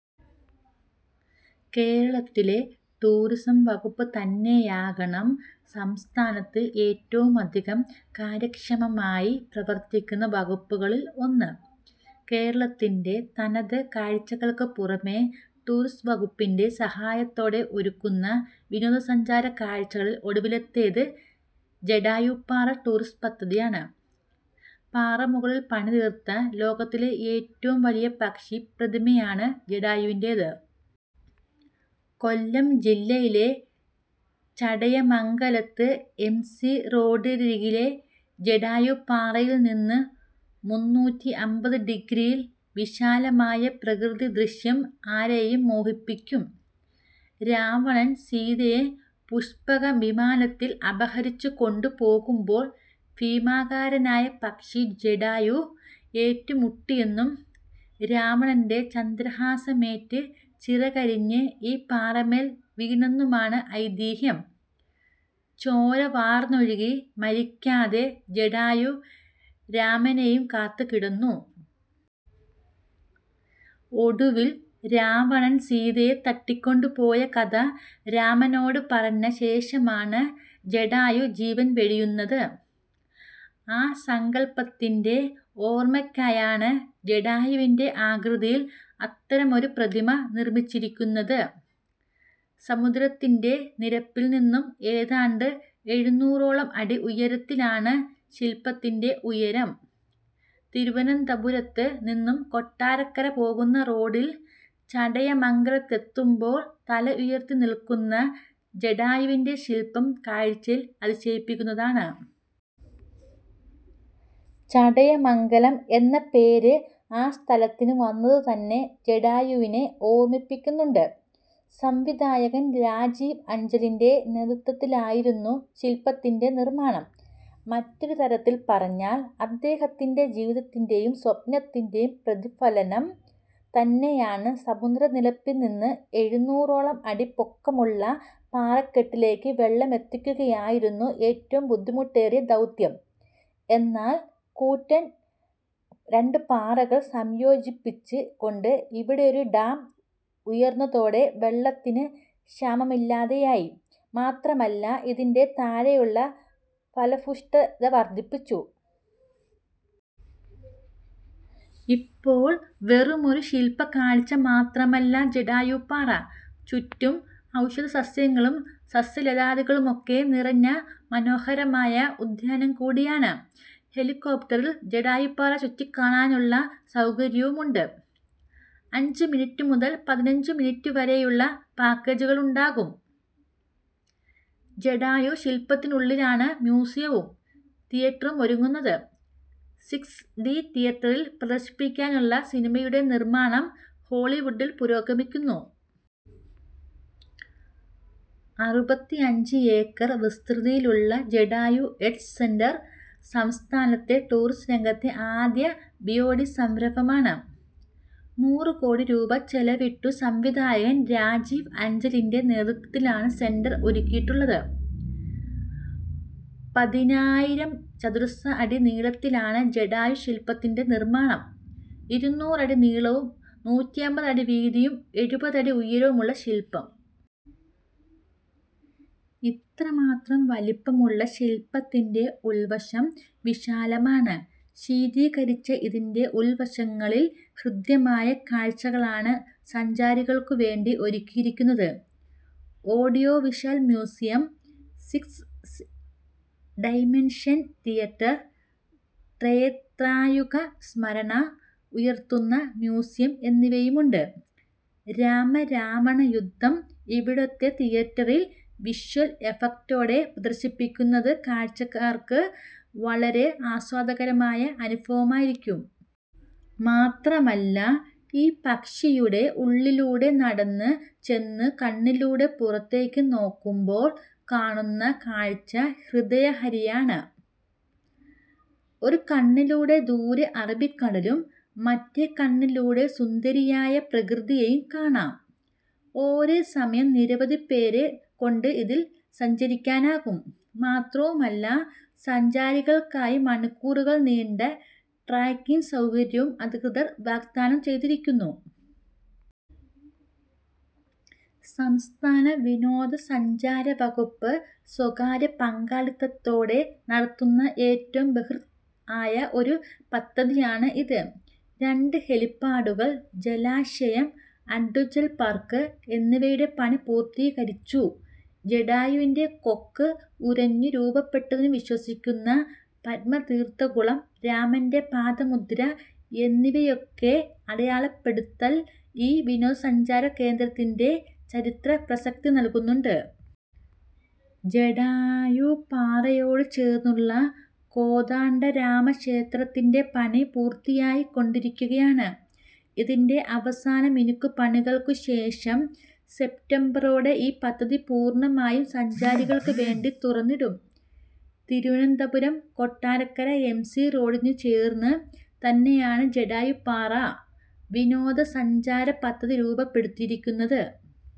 കേരളത്തിലെ ടൂറിസം വകുപ്പ് തന്നെയാകണം സംസ്ഥാനത്തു ഏറ്റവുമധികം കാര്യക്ഷമമായി പ്രവർത്തിക്കുന്ന വകുപ്പുകളിൽ ഒന്ന്. കേരളത്തിന്റെ തനത് കാഴ്ചകൾക്ക് പുറമെ ടൂറിസം വകുപ്പിന്റെ സഹായത്തോടെ ഒരുക്കുന്ന വിനോദ സഞ്ചാര കാഴ്ചകളിൽ ഒടുവിലത്തേത് ജടായുപ്പാറ ടൂറിസം പദ്ധതിയാണ്. പാറമുകളിൽ പണി തീർത്ത ലോകത്തിലെ ഏറ്റവും വലിയ പക്ഷി പ്രതിമയാണ് ജടായുവിന്റേത്. കൊല്ലം ജില്ലയിലെ ചടയമംഗലത്ത് എംസി റോഡരികിലെ ജടായുപ്പാറയിൽനിന്നു മുന്നൂറ്റിഅറുപത് ഡിഗ്രിയിൽ വിശാലമായ പ്രകൃതിദൃശ്യം ആരെയും മോഹിപ്പിക്കും. രാവണൻ സീതയെ പുഷ്പക വിമാനത്തിൽ അപഹരിച്ചു കൊണ്ടുപോകുമ്പോൾ ഭീമാകാരനായ പക്ഷി ജടായു ഏറ്റുമുട്ടിയെന്നും രാവണന്റെ ചന്ദ്രഹാസമേറ്റു ചിറകരിഞ്ഞ് ഈ പാറമേൽ വീണെന്നുമാണ് ഐതിഹ്യം. ചോര വാർന്നൊഴുകി മരിക്കാതെ ജടായു രാമനെയും കാത്തു കിടന്നു. ഒടുവിൽ രാവണൻ സീതയെ തട്ടിക്കൊണ്ടു പോയ കഥ രാമനോട് പറഞ്ഞ ശേഷമാണ് ജടായു ജീവൻ വെടിയുന്നത്. ആ സങ്കൽപ്പത്തിന്റെ ഓർമയ്ക്കായാണ് ജടായുവിന്റെ ആകൃതിയിൽ അത്തരമൊരു പ്രതിമ നിർമിച്ചിരിക്കുന്നത്. സമുദ്രത്തിന്റെ നിരപ്പിൽ നിന്നും ഏതാണ്ട് എഴുന്നൂറോളം അടി ഉയരത്തിലാണ് ശിൽപ്പത്തിന്റെ ഉയരം. തിരുവനന്തപുരത്ത് നിന്നും കൊട്ടാരക്കര പോകുന്ന റോഡിൽ ചടയമംഗലത്തെത്തുമ്പോൾ തല ഉയർത്തി നിൽക്കുന്ന ജടായുവിന്റെ ശിൽപം കാഴ്ചയിൽ അതിശയിപ്പിക്കുന്നതാണ്! ചടയമംഗലം എന്ന പേര് ആ സ്ഥലത്തിന് വന്നത് തന്നെ ജടായുവിനെ ഓർമിപ്പിക്കുന്നുണ്ട്. സംവിധായകൻ രാജീവ് അഞ്ചലിന്റെ നേതൃത്വത്തിലായിരുന്നു ശിൽപ്പത്തിന്റെ നിർമ്മാണം. മറ്റൊരു തരത്തിൽ പറഞ്ഞാൽ അദ്ദേഹത്തിന്റെ ജീവിതത്തിന്റെയും സ്വപ്നത്തിന്റെയും പ്രതിഫലനം തന്നെയാണിത്. സമുദ്രനിരപ്പിൽ നിന്ന് എഴുന്നൂറോളം അടി പൊക്കമുള്ള പാറക്കെട്ടിലേക്ക് വെള്ളമെത്തിക്കുകയായിരുന്നു ഏറ്റവും ബുദ്ധിമുട്ടേറിയ ദൗത്യം, എന്നാൽ കൂറ്റൻ രണ്ട് പാറകൾ സംയോജിപ്പിച്ചു കൊണ്ട് ഇവിടെയൊരു ഡാം ഉയർന്നതോടെ വെള്ളത്തിന് ക്ഷാമമില്ലാതെയായി, മാത്രമല്ല ഇതിന്റെ താഴെയുള്ള ഫലഭൂഷ്ട്ത വർദ്ധിച്ചു. ഇപ്പോൾ വെറുമൊരു ശിൽപ കാഴ്ച മാത്രമല്ല ജടായുപ്പാറ, ചുറ്റും ഔഷധ സസ്യങ്ങളും സസ്യലതാദികളുമൊക്കെ നിറഞ്ഞ മനോഹരമായ ഉദ്യാനം കൂടിയാണ്. ഹെലികോപ്റ്ററിൽ ജടായുപ്പാറ ചുറ്റിക്കാണാനുള്ള സൗകര്യവുമുണ്ട്. അഞ്ചു മിനിറ്റ് മുതൽ പതിനഞ്ചു മിനിറ്റ് വരെയുളള പാക്കേജുകളുണ്ടാകും. ജടായു ശിൽപത്തിനുള്ളിലാണ് മ്യൂസിയവും തിയറ്ററുമൊരുങ്ങുന്നത്. സിക്സ് ഡി തിയറ്ററിൽ പ്രദർശിപ്പിക്കാനുള്ള സിനിമയുടെ നിർമാണം ഹോളിവുഡിൽ പുരോഗമിക്കുന്നു. അറുപത്തിഅഞ്ചു ഏക്കർ വിസ്തൃതിയിലുള്ള ജടായു എർത്സ് സെന്റർ സംസ്ഥാനത്തെ ടൂറിസം രംഗത്തെ ആദ്യ ബിഒടി സംരംഭമാണ്. നൂറ് കോടി രൂപ ചെലവിട്ടു സംവിധായകൻ രാജീവ് അഞ്ചലിന്റെ നേതൃത്വത്തിലാണു സെന്റർ ഒരുക്കിയിട്ടുള്ളത്. പതിനയ്യായിരം ചതുരശ്ര അടി നീളത്തിലാണ് ജടായു ശിൽപ്പത്തിന്റെ നിർമ്മാണം. ഇരുനൂറ് അടി നീളവും നൂറ്റിഅമ്പത് അടി വീതിയും എഴുപത് അടി ഉയരവുമുള്ള ശിൽപ്പം. ഇത്രമാത്രം വലുപ്പമുള്ള ശിൽപ്പത്തിന്റെ ഉൾവശം വിശാലമാണ്. ശീതീകരിച്ച ഇതിന്റെ ഉൾവശങ്ങളിൽ ഹൃദ്യമായ കാഴ്ചകളാണ് സഞ്ചാരികൾക്കു വേണ്ടി ഒരുക്കിയിരിക്കുന്നത്. Audio visual museum, six dimension theatre, ത്രേതായുഗ സ്മരണ ഉയർത്തുന്ന മ്യൂസിയം എന്നിവയുമുണ്ട്. രാമ-രാവണ യുദ്ധം ഇവിടുത്തെ തീയേറ്ററിൽ വിഷ്വൽ എഫക്ടോടെ പ്രദർശിപ്പിക്കുന്നത് കാഴ്ചക്കാർക്ക് വളരെ ആസ്വാദ്യകരമായ അനുഭവമായിരിക്കും. മാത്രമല്ല ഈ പക്ഷിയുടെ ഉള്ളിലൂടെ നടന്നു ചെന്ന് കണ്ണിലൂടെ പുറത്തേക്ക് നോക്കുമ്പോൾ കാണുന്ന കാഴ്ച ഹൃദയഹരിയാണ്. ഒരു കണ്ണിലൂടെ ദൂരെ അറബിക്കടലും മറ്റേ കണ്ണിലൂടെ സുന്ദരിയായ പ്രകൃതിയെയും കാണാം. ഒരേ സമയം നിരവധി പേര് കൊണ്ട് ഇതിൽ സഞ്ചരിക്കാനാകും. മാത്രവുമല്ല സഞ്ചാരികൾക്കായി മണിക്കൂറുകൾ നീണ്ട ട്രെക്കിങ്ങ് സൗകര്യവും അധികൃതർ വാഗ്ദാനം ചെയ്തിരിക്കുന്നു. സംസ്ഥാന വിനോദ സഞ്ചാര വകുപ്പ് സ്വകാര്യ പങ്കാളിത്തത്തോടെ നടത്തുന്ന ഏറ്റവും ബൃഹദ് ആയ ഒരു പദ്ധതിയാണ് ഇത്. രണ്ട് ഹെലിപാഡുകൾ, ജലാശയം, അഡ്വഞ്ചർ പാർക്ക്, എന്നിവയുടെ പണി പൂർത്തീകരിച്ചു. ജടായുവിന്റെ കൊക്ക് ഉരഞ്ഞു രൂപപ്പെട്ടതിനു വിശ്വസിക്കുന്ന പദ്മതീർത്ഥക്കുളം, രാമന്റെ പാദമുദ്ര എന്നിവയുടെയൊക്കെ അടയാളപ്പെടുത്തൽ ഈ വിനോദ സഞ്ചാര കേന്ദ്രത്തിന്റെ ചരിത്ര പ്രസക്തി നൽകുന്നുണ്ട്. ജടായുപ്പാറയോടു ചേർന്നുള്ള കോദണ്ഡരാമ ക്ഷേത്രത്തിന്റെ പണി പൂർത്തിയായിക്കൊണ്ടിരിക്കുകയാണ്. ഇതിന്റെ അവസാന മിനുക്കുപണികൾക്കു ശേഷം സെപ്റ്റംബറോടെ ഈ പദ്ധതി പൂർണമായും സഞ്ചാരികൾക്കു വേണ്ടി തുറന്നിടും. തിരുവനന്തപുരം–കൊട്ടാരക്കര എം സി റോഡിനോട് ചേർന്ന് തന്നെയാണ് ജടായുപ്പാറ വിനോദ സഞ്ചാര പദ്ധതി രൂപപ്പെടുത്തിയിരിക്കുന്നത്.